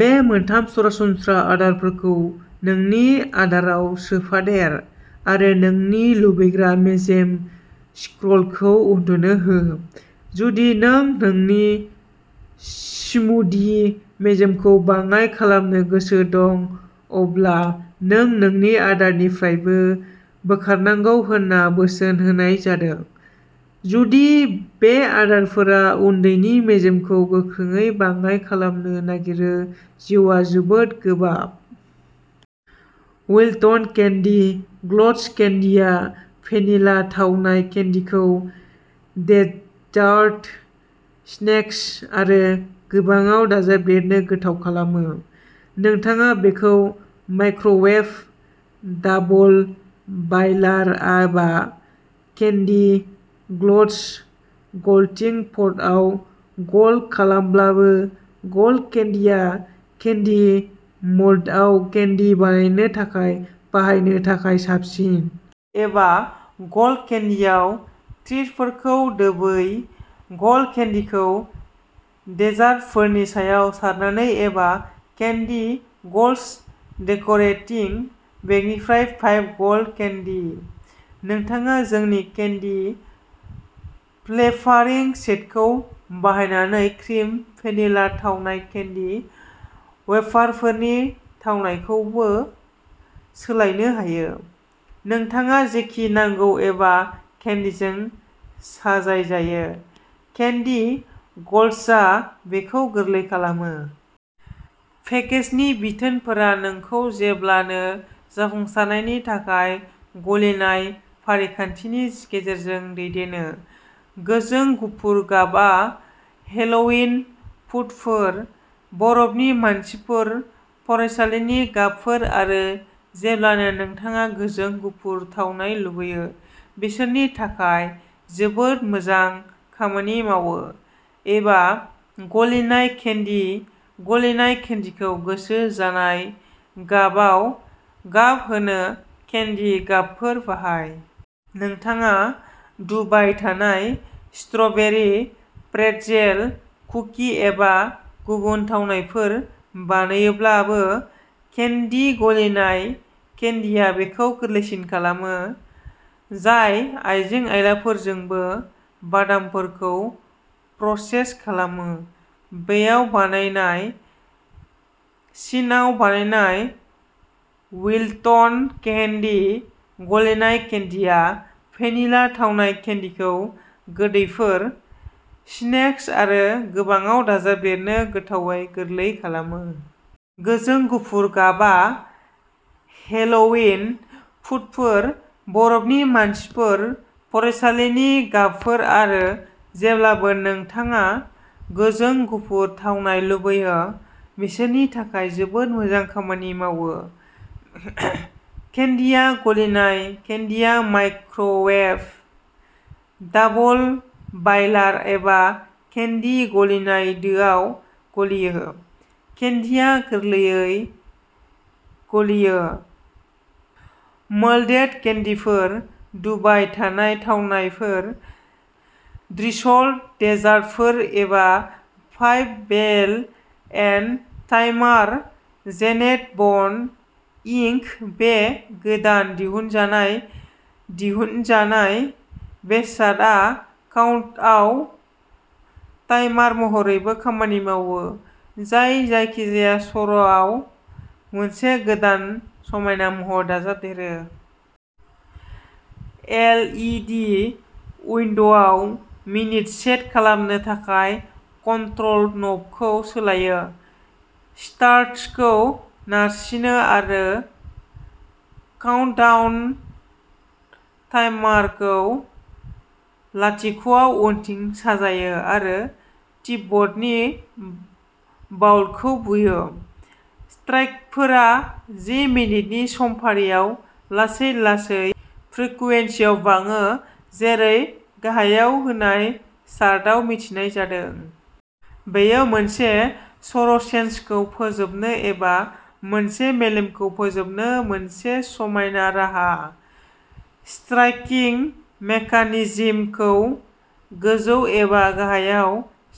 बे मोनथाम सरासनस्रा आदारफोरखौ नोंनि आदाराव सोफादेर आरो नोंनि लुबैग्रा मेजेम स्क्र'लखौ उन्दुनो हो। जुदि नों नोंनि स्मुदि मेजेमखौ बाङाय खालामनो गोसो दं, अब्ला नों नोंनि आदारनिफ्रायबो बोखारनांगौ होनना बोसोन होनाय जादों। जुदि बे आदारफोरा उनदैनि मेजेमखौ गोख्रैयै बाङाय खालामनो नागिरो जिउआ जोबोद गोबाब। विल्टन केन्डि गल्ट्स केन्डिआ भेनिला थावनाय केन्डिखौ डेजार्ट, स्नेक्स आरो गोबांआव दाजाबदेरनो गोथाव खालामो। नोंथाङा बेखौ माइक्र'वेभ, डाबल बायलार आबा केन्डि ग्लट्स गल्टिं पटआव गल्ट खालामब्लाबो, गल्ट केन्डिआ केन्डि मोल्डआव केन्डि बानायनो थाखाय बाहायनो थाखाय साबसिन। एबा, गल्ट केन्डिआव ट्रिटफोरखौ दोबै, गल्ट केन्डिखौ डेजार्टफोरनि सायाव सारनानै एबा केन्डि गल्ट्स डेकोरेटिंग बेगनिफ्राय पाइप गल्ट केन्डि। नोंथाङा जोंनि केन्डि फ्लेभारिं सेटखौ बाहायनानै क्रिम भेनिला थावनाय केन्डि वेफारफोरनि थावनायखौबो सोलायनो हायो। नोंथाङा जेखि नांगौ एबा केन्डिजों साजायजायो, केन्डि गल्ट्सआ बेखौ गोरलै खालामो। पेकेजनि बिथोनफोरा नोंखौ जेब्लानो जाफुंसारनायनि थाखाय गलिनाय फारिखान्थिनि गेजेरजों दैदेनो। गोजों गुफुर गाबआ हेल'इन भुतफोर, बरफनि मानसिफोर, फरायसालिनि गाबफोर आरो जेब्लानो नोंथाङा गोजों गुफुर थावनाय लुबैयो, बिसोरनि थाखाय जोबोद मोजां खामानि मावो। एबा, गलिनाय केन्डि गलिनाय केन्डिखौ गोसो जानाय गाबाव गाब होनो केन्डि गाबफोर बाहाय। नोंथाङा डुबाय थानाय स्ट्र'बेरि, प्रेटजेल, कुकि एबा गुबुन थावनायफोर बानायोब्लाबो, केन्डि गलिनाय केन्डिआ बेखौ गोरलैसिन खालामो। जाय आइजें-आइलाफोरजोंबो बादामफोरखौ प्रसेस खालामो, बेयाव बानायनाय। चीनआव बानायनाय। विल्टन केन्डि गलिनाय केन्डिआ भेनिला-थावनाय केन्डिखौ गोदैफोर, स्नेक्स आरो गोबांआव दाजाबदेरनो गोथावै गोरलै खालामो। गोजों गुफुर गाबआ हेल'इन भुतफोर, बरफनि मानसिफोर, फरायसालिनि गाबफोर आरो जेब्लानो नोंथाङा गोजों गुफुर थावनाय लुबैयो, बिसोरनि थाखाय जोबोद मोजां खामानि मावो। केन्डिआ गलिनाय केन्डिआ माइक्र'वेभ, डाबल-बायलार एबा केन्डि गलिनाय दोआव गलियो। केन्डिआ गोरलैयै गलियो मोल्डेड केन्डिफोर, डुबाय थानाय थावनायफोर, ड्रिसल्ड देजार्टफोर एबा पाइप बेल एन्ड टाइमार-जेनेट बन्ड, इंक बे गोदान दिहुनजानाय दिहुनजानाय बेसादआ काउन्टडाउन टाइमार महरैबो खामानि मावो, जाय जायखिजाया सर'आव मोनसे गोदान समायना महर दाजाबदेरो। एल इ डि उइन्ड'आव मिनित सेट खालामनो थाखाय कन्ट्रल न'बखौ सोलायो, स्टार्टखौ नारसिनो आरो काउन्टडाउन टाइमारखौ लाथिख'आव उनथिं सानजायो आरो तिब्बतनि बाउलखौ बुयो। स्ट्राइकफोरा जि मिनिटनि समफारियाव लासै-लासै फ्रिकुवेन्सियाव बाङो जेरै गाहायाव होनाय चार्टआव मिथिनाय जादों। बेयो मोनसे सर'सेसनखौ फोजोबनो एबा मोनसे मेलेमखौ फोजोबनो मोनसे समायना राहा। स्ट्राइकिं मेकानिजमखौ गोजौ एबा गाहायआव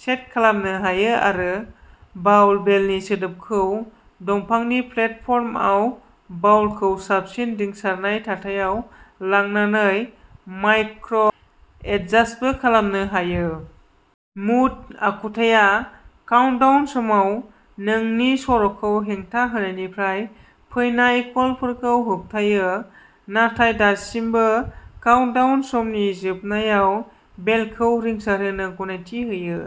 सेट खालामनो हायो आरो बाउल बेलनि सोदोबखौ दंफांनि प्लेटफर्मआव बाउलखौ साबसिन रिंसारनाय थाथायाव लांनानै माइक्र'- एडजास्टबो खालामनो हायो। मुट आखुथाया काउन्टडाउन समाव नोंनि सर'खौ हेंथा होनायनिफ्राय फैनाय कलफोरखौ होबथायो नाथाय दासिमबो काउन्टडाउन समनि जोबनायाव बेलखौ रिंसारहोनो गनायथि होयो।